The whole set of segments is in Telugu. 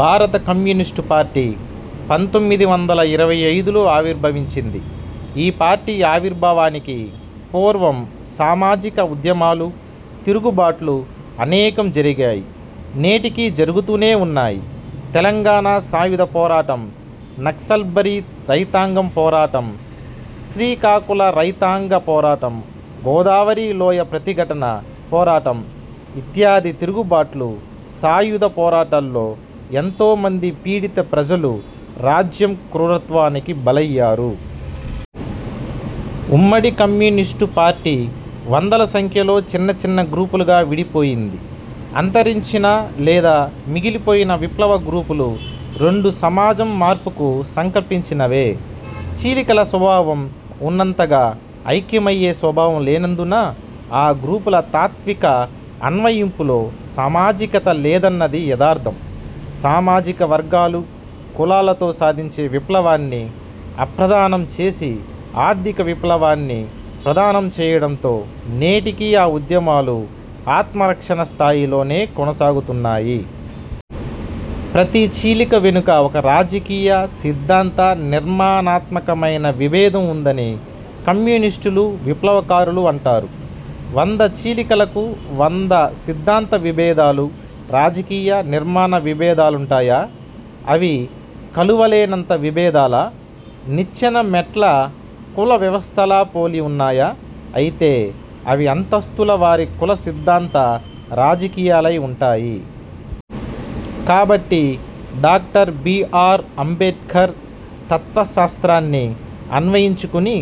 భారత కమ్యూనిస్టు పార్టీ పంతొమ్మిది వందల ఇరవై ఐదులో ఆవిర్భవించింది. ఈ పార్టీ ఆవిర్భావానికి పూర్వం సామాజిక ఉద్యమాలు, తిరుగుబాట్లు అనేకం జరిగాయి. నేటికీ జరుగుతూనే ఉన్నాయి. తెలంగాణ సాయుధ పోరాటం, నక్సల్బరీ రైతాంగం పోరాటం, శ్రీకాకుళ రైతాంగ పోరాటం, గోదావరి లోయ ప్రతిఘటన పోరాటం ఇత్యాది తిరుగుబాట్లు, సాయుధ పోరాటాల్లో ఎంతోమంది పీడిత ప్రజలు రాజ్యం క్రూరత్వానికి బలయ్యారు. ఉమ్మడి కమ్యూనిస్టు పార్టీ వందల సంఖ్యలో చిన్నచిన్న గ్రూపులుగా విడిపోయింది. అంతరించిన లేదా మిగిలిపోయిన విప్లవ గ్రూపులు రెండూ సమాజం మార్పుకు సంకల్పించినవే. చీలికల స్వభావం ఉన్నంతగా ఐక్యమయ్యే స్వభావం లేనందున ఆ గ్రూపుల తాత్విక అన్వయింపులో సామాజికత లేదన్నది యదార్థం. సామాజిక వర్గాలు, కులాలతో సాధించే విప్లవాన్ని అప్రధానం చేసి, ఆర్థిక విప్లవాన్ని ప్రధానం చేయడంతో నేటికీ ఆ ఉద్యమాలు ఆత్మ రక్షణ స్థాయిలోనే కొనసాగుతున్నాయి. ప్రతి చీలిక వెనుక ఒక రాజకీయ, సిద్ధాంత, నిర్మాణాత్మకమైన విభేదం వుందని కమ్యూనిస్టులు విప్లవకారులు అంటారు. వంద చీలికలకు వంద సిద్ధాంత విభేదాలు, రాజకీయ, నిర్మాణ విభేదాలుంటాయా? అవి కలువలేనంత విభేదాలా? నిచ్చెనమెట్ల కుల వ్యవస్థలా పోలి వున్నాయా? అయితే అవి అంతస్తుల వారి కుల సిద్ధాంత, రాజకీయాలై వుంటాయి! కాబట్టి డాక్టర్ బి. ఆర్. అంబేడ్కర్ తత్వశాస్త్రాన్ని అన్వయించుకుని,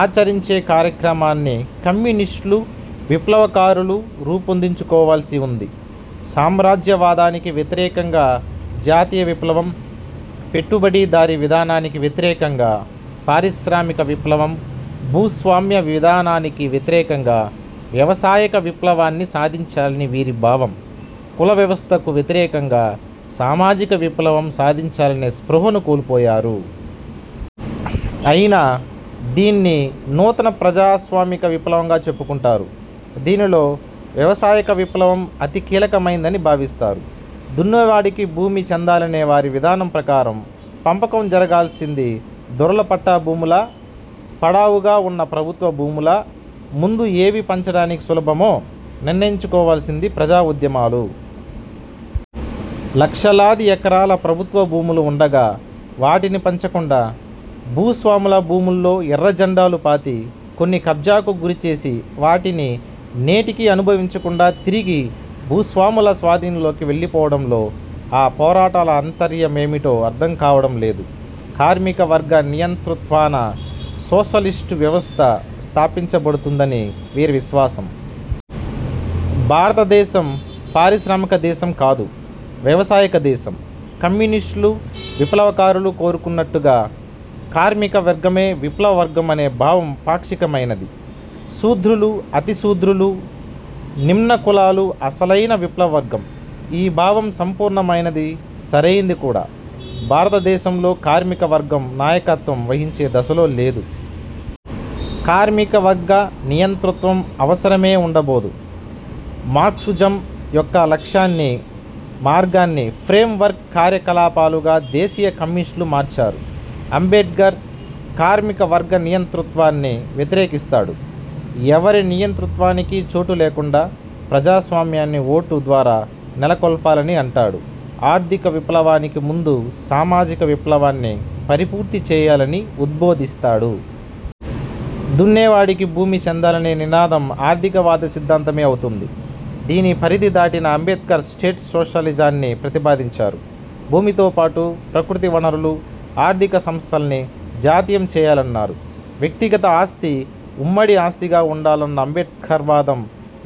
ఆచరించే కార్యక్రమాన్ని కమ్యూనిస్టులు, విప్లవకారులు రూపొందించుకోవాల్సి వుంది. సామ్రాజ్యవాదానికి వ్యతిరేకంగా జాతీయ విప్లవం, పెట్టుబడి దారీ విధానానికి వ్యతిరేకంగా పారిశ్రామిక విప్లవం, భూస్వామ్య విధానానికి వ్యతిరేకంగా వ్యవసాయక విప్లవాన్ని సాధించాలని వీరి భావం. కులవ్యవస్థకు వ్యతిరేకంగా సామాజిక విప్లవం సాధించాలనే స్పృహను కోల్పోయారు. అయినా, దీన్ని నూతన ప్రజాస్వామిక విప్లవంగా చెప్పుకుంటారు. దీనిలో వ్యవసాయక విప్లవం అతి కీలకమైందని భావిస్తారు. దున్నేవాడికి భూమి చెందాలనే వారి విధానం ప్రకారం పంపకం జరగాల్సింది దొరల పట్టా భూములా? పడావుగా ఉన్న ప్రభుత్వ భూములా? ముందు ఏవి పంచడానికి సులభమో నిర్ణయించుకోవాల్సింది ప్రజాఉద్యమాలు. లక్షలాది ఎకరాల ప్రభుత్వ భూములు ఉండగా, వాటిని పంచకుండా, భూస్వాముల భూముల్లో ఎర్రజెండాలు పాతి, కొన్ని కబ్జాకు గురిచేసి వాటిని నేటికీ అనుభవించకుండా తిరిగి భూస్వాముల స్వాధీనంలోకి వెళ్ళిపోవడంలో ఆ పోరాటాల అంతర్యమేమిటో అర్థం కావడం లేదు. కార్మిక వర్గ నియంతృత్వాన సోషలిస్టు వ్యవస్థ స్థాపించబడుతుందని వీరి విశ్వాసం. భారత దేశం పారిశ్రామిక దేశం కాదు. వ్యవసాయక దేశం. కమ్యూనిష్టులు, విప్లవకారులు కోరుకున్నట్లుగా కార్మిక వర్గమే విప్లవ వర్గం అనే భావం పాక్షికమైనది. శూద్రులు, అతి శూద్రులు, నిమ్నకులాలు అసలైన విప్లవ వర్గం. ఈ భావం సంపూర్ణమైనది సరైంది కూడా. భారతదేశంలో కార్మిక వర్గం నాయకత్వం వహించే దశలో లేదు. కార్మిక వర్గ నియంతృత్వం అవసరమే ఉండబోదు. మార్క్సిజం యొక్క లక్ష్యాన్ని మార్గాన్ని ఫ్రేమ్ వర్క్ కార్యకలాపాలుగా దేశీయ కమ్యూనిస్టులు మార్చారు. అంబేడ్కర్ కార్మిక వర్గ నియంతృత్వాన్ని వ్యతిరేకిస్తాడు. ఎవ్వరి నియంతృత్వానికి చోటు లేకుండా ప్రజాస్వామ్యాన్ని ఓటు ద్వారా నెల కొల్పాలని అంటాడు. ఆర్థిక విప్లవానికి ముందు సామాజిక విప్లవాన్ని పరిపూర్తి చేయాలని ఉద్బోధిస్తాడు. దున్నేవాడికి భూమి సెందాలనే నినాదం ఆర్థికవాద సిద్ధాంతమే అవుతుంది. దీని పరిధి దాటిన అంబేడ్కర్ స్టేట్ సోషలిజాన్ని ప్రతిపాదించారు. భూమితోపాటు ప్రకృతివనరులు, ఆర్థిక సంస్థల్ని జాతీయం చేయాలన్నారు. వ్యక్తిగత ఆస్తి ఉమ్మడి ఆస్తిగా ఉండాలన్న అంబేడ్కర్వాదం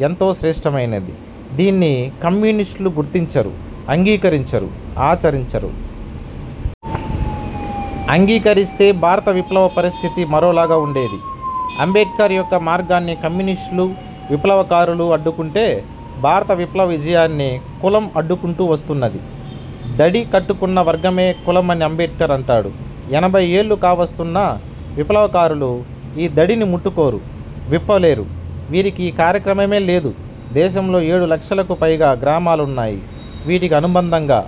ఎంతో శ్రేష్టమైనది. దీన్ని కమ్యూనిష్టులు గుర్తించరు. అంగీకరించరు, ఆచరించరు. అంగీకరిస్తే భారత విప్లవ పరిస్థితి మరోలాగా వుండేది. అంబేడ్కర్ యొక్క మార్గాన్ని కమ్యూనిష్టులు, విప్లవకారులు అడ్డుకుంటే, భారత విప్లవ విజయాన్ని కులం అడ్డుకుంటూవస్తున్నది. దడి కట్టుకున్న వర్గమే కులమని అంబేడ్కర్ అంటాడు. ఎనభై ఏళ్లు కావస్తున్నా విప్లవకారులు ఈ దడిని ముట్టుకోరు, విప్పలేరు. వీరికి ఈ కార్యక్రమమే లేదు. దేశంలో ఏడు లక్షలకు పైగా గ్రామాలున్నాయి. వీటికి అనుబంధంగా